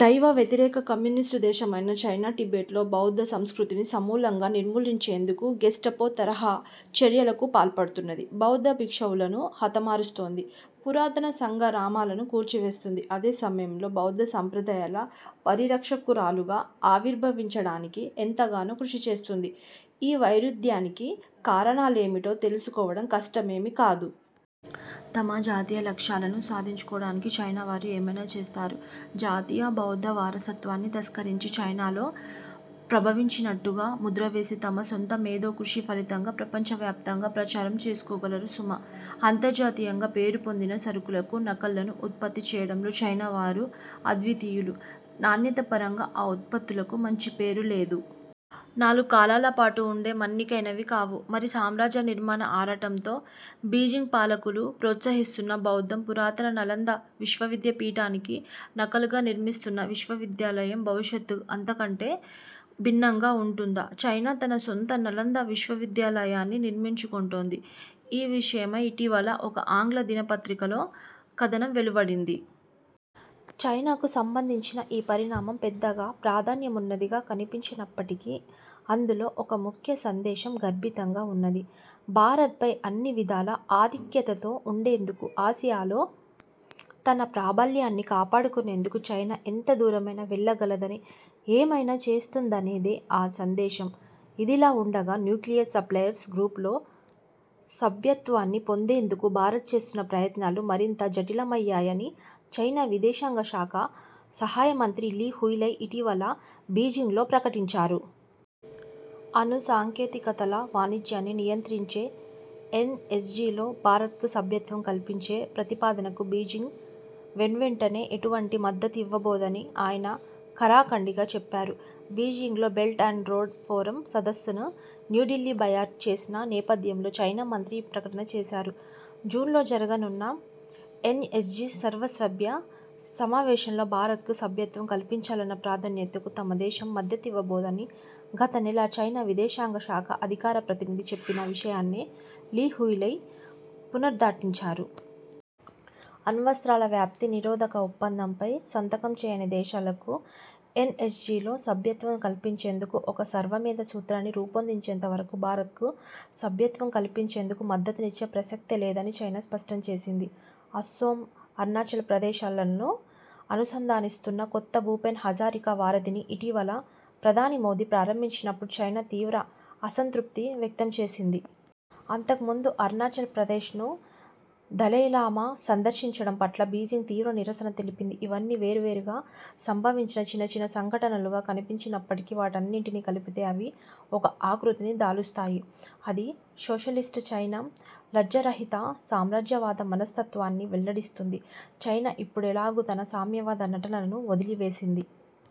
దైవ వ్యతిరేక కమ్యూనిస్టు దేశమైన చైనా, టిబెట్లో బౌద్ధ సంస్కృతిని సమూలంగా నిర్మూలించేందుకు గెస్టపో తరహా చర్యలకు పాల్పడుతున్నది. బౌద్ధ భిక్షువులను హతమారుస్తోంది. పురాతన సంఘారామాలను కూల్చివేస్తోంది. అదే సమయంలో బౌద్ధసంప్రదాయాల పరిరక్షకురాలుగా ఆవిర్భవించడానికి ఎంతగానో కృషిచేస్తోంది. ఈ వైరుధ్యానికి కారణాలేమిటో తెలుసుకోవడం కష్టమేమీ కాదు. తమ జాతీయలక్ష్యాలను సాధించుకోవడానికి చైనావారు ఏమైనా చేస్తారు– భారతీయ బౌద్ధ వారసత్వాన్ని తస్కరించి, అది చైనాలో ప్రభవించినట్టుగా ముద్రవేసి తమ సొంత మేధో కృషి ఫలితంగా ప్రపంచవ్యాప్తంగా ప్రచారం చేసుకోగలరు సుమా! అంతర్జాతీయంగా పేరు పొందిన సరుకులకు నకళ్లను ఉత్పత్తి చేయడంలో చైనావారు అద్వితీయులు. నాణ్యతపరంగా ఆ ఉత్పత్తులకు మంచి పేరు లేదు. నాలుగు కాలాలపాటు ఉండే మన్నికైనవీ కావు. మరి సామ్రాజ్య నిర్మాణ ఆరాటంతో బీజింగ్ పాలకులు ప్రోత్సహిస్తున్న బౌద్ధం, పురాతన నలంద విశ్వవిద్యాపీఠానికి నకలుగా నిర్మిస్తున్న విశ్వవిద్యాలయం భవిష్యత్తు అంతకంటే భిన్నంగా వుంటుందా? చైనా తన సొంత నలంద విశ్వవిద్యాలయాన్ని నిర్మించుకొంటోంది! ఈ విష యమై ఇటీవల ఒక ఆంగ్ల దిన పత్రికలో కథనం వెలువడింది. చైనాకు సంబంధించిన ఈ పరిణామం పెద్దగా ప్రాధాన్యమున్నదిగా కన్పించనప్పటికీ, అందులో ఒక ముఖ్య సందేశం గర్భితంగా వున్నది. భారత్పై అన్నివిధాలా ఆధిక్యతతో వుండేందుకు, ఆసియాలో తన ప్రాబల్యాన్ని కాపాడుకొనేందుకు చైనా ఎంత దూరమైనా వెళ్ళగలదని, ఏమైనా చేస్తుందనేదే ఆ సందేశం. ఇదిలావుండగా, న్యూక్లియర్ సప్లయిర్స్ గ్రూప్ లో సభ్యత్వాన్ని పొందేందుకు భారత్ చేస్తున్న ప్రయత్నాలు 'మరింత జటిలమయ్యాయని' చైనా విదేశాంగశాఖ సహాయమంత్రి లీ హుయిలై ఇటీవల బీజింగ్లో ప్రకటించారు. అణు సాంకేతికతల వాణిజ్యాన్ని నియంత్రించే ఎన్ఎస్జీలో భారత్కు సభ్యత్వం కల్పించే ప్రతిపాదనకు బీజింగ్ వెన్వెంటనే ఎటువంటి మద్దతు ఇవ్వబోదని ఆయన ఖరాఖండీగా చెప్పారు. బీజింగ్లో బెల్ట్ అండ్ రోడ్ ఫోరం సదస్సును న్యూఢిల్లీ బాయ్కాట్ చేసిన నేపథ్యంలో చైనా మంత్రి ఈ ప్రకటన చేశారు. జూన్లో జరగనున్న ఎన్ఎస్జీ సర్వసభ్య సమావేశంలో భారత్కు సభ్యత్వం కల్పించాలన్న ప్రతిపాదనకు తమ దేశం మద్దతునివ్వబోదని గత నెల చైనా విదేశాంగ శాఖ అధికార ప్రతినిధి చెప్పిన విషయాన్నే లీ హుయిలై పునరుద్ఘాటించారు. అణ్వస్త్రాల వ్యాప్తి నిరోధక ఒప్పందంపై సంతకం చేయని దేశాలకు ఎన్ఎస్జీలో సభ్యత్వం కల్పించేందుకు ఒక సర్వామోద సూత్రాన్ని రూపొందించేంత వరకు భారత్కు సభ్యత్వం కల్పించేందుకు మద్దతునిచ్చే ప్రసక్తే లేదని చైనా స్పష్టం చేసింది. అసోం, అరుణాచల్ప్రదేశ్లను అనుసంధానిస్తున్న కొత్త భూపేన్ హజారికా వారధిని ఇటీవల ప్రధాని మోదీ ప్రారంభించినప్పుడు చైనా తీవ్ర అసం తృప్తి వ్యక్తం చేసింది. అంతకుముందు అరుణాచల్ప్రదేశ్ను దలైలామా సందర్శించడం పట్ల బీజింగ్ తీవ్ర నిరసన తెలిపింది. ఇవన్నీ వేర్వేరుగా సంభవించిన చిన్న చిన్న సంఘటనలుగా కన్పించినప్పటికీ, వాటన్నిటినీ కలిపితే అవి ఒక ఆకృతిని దాలుస్తాయి. అది, సోషలిస్టు చైనా లజ్జారహిత సామ్రాజ్యవాద మనస్తత్వాన్ని వెల్లడిస్తుంది! చైనా ఇప్పుడెలాగూ తన సామ్యవాద నటనలను వదిలివేసింది.